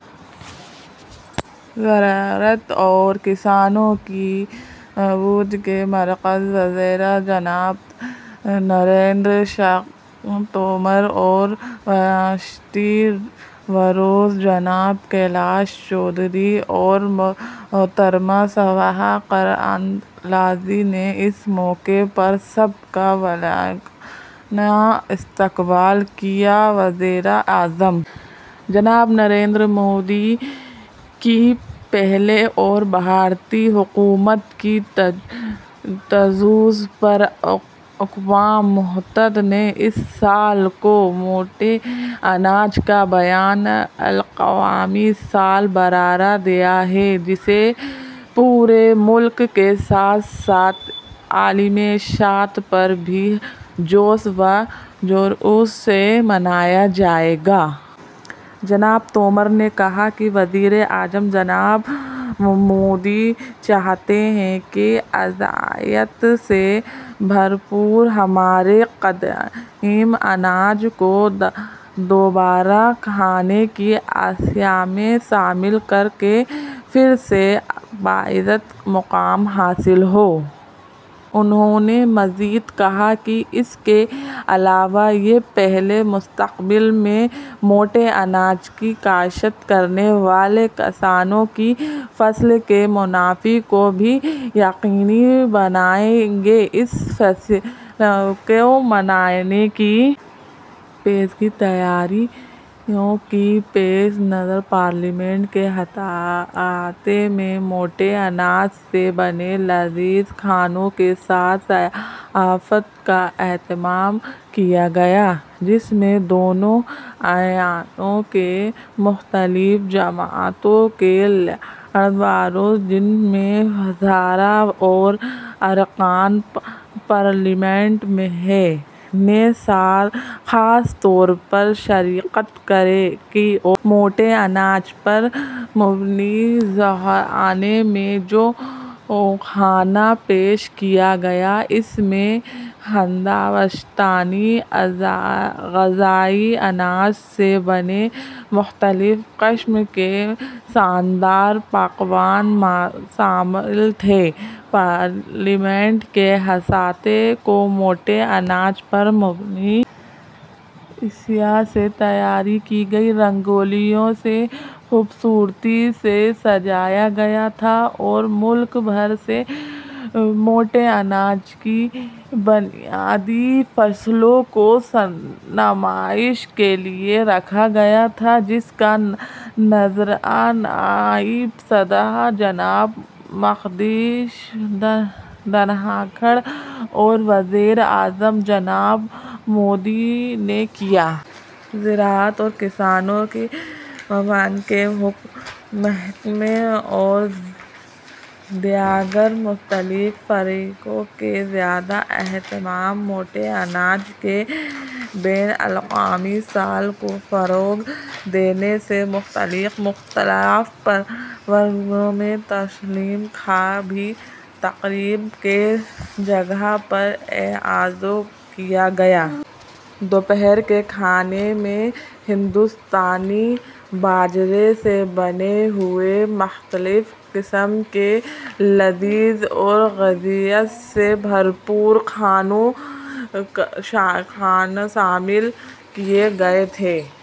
زراعت اور کسانوں کی بہبود کے مرکزی وزیر جناب نریندر سنگھ تومر اور ریاستی وزراء جناب کیلاش چودھری اور محترمہ شوبھا کراندلاجے نے اس موقع پر سب کا والہانہ استقبال کیا۔ وزیر اعظم جناب نریندر مودی کی پہل اور بھارتی حکومت کی تجویز پر اقوام متحدہ نے اس سال کو موٹے اناج کا بین الاقوامی سال قرار دیا ہے، جسے پورے ملک کے ساتھ ساتھ عالمی سطح پر بھی جوش و خروش سے منایا جائے گا۔ جناب تومر نے کہا کہ وزیر اعظم جناب مودی چاہتے ہیں کہ غذائیت سے بھرپور ہمارے قدیم اناج کو دوبارہ کھانے کی اشیا میں شامل کر کے پھر سے باعزت مقام حاصل ہو۔ انہوں نے مزید کہا کہ اس کے علاوہ یہ پہل مستقبل میں موٹے اناج کی کاشت کرنے والے کسانوں کی فصل کے منافع کو بھی یقینی بنائے گی۔ اس فیسٹیول کو منانے کی پیشگی تیاریوں کے پیش نظر پارلیمنٹ کے احاطے میں موٹے اناج سے بنے لذیذ کھانوں کے ساتھ ضیافت کا اہتمام کیا گیا، جس میں دونوں ایوانوں کی مختلف جماعتوں کے لیڈروں، جن میں وزراء اور ارکان پارلیمنٹ شامل ہیں، نے خاص طور پر شرکت کی اور نائب صدر اور وزیر اعظم کی موجودگی میں موٹے اناج سے بنے کھانوں کا لطف لیا۔ موٹے اناج پر مبنی ظہرانے میں جو کھانا پیش کیا گیا اس میں ہندوستانی غذائی اناج سے بنے مختلف قسم کے شاندار پکوان شامل تھے۔ پارلیمنٹ کے احاطے کو موٹے اناج پر مبنی اشیاء سے تیار کی گئی رنگولیوں سے خوبصورتی سے سجایا گیا تھا اور ملک بھر سے موٹے اناج کی بنیادی فصلوں کو نمائش کے لیے رکھا گیا تھا، جس کا نظارہ نائب صدر جناب جگدیپ دھنکھڑ اور وزیر اعظم جناب مودی نے کیا۔ زراعت اور کسانوں کی بہبود کے محکمے اور دیگر متعلقہ فریقوں کے زیر اہتمام موٹے اناج کے بین الاقوامی سال کو فروغ دینے سے متعلق مختلف پروگراموں کا تصویری خاکہ بھی تقریب کی جگہ پر آویزاں کیا گیا۔ دوپہر کے کھانے میں ہندوستانی باجرے سے بنے ہوئے مختلف قسم کے لذیذ اور غذائیت سے بھرپور پکوان شامل کیے گئے تھے۔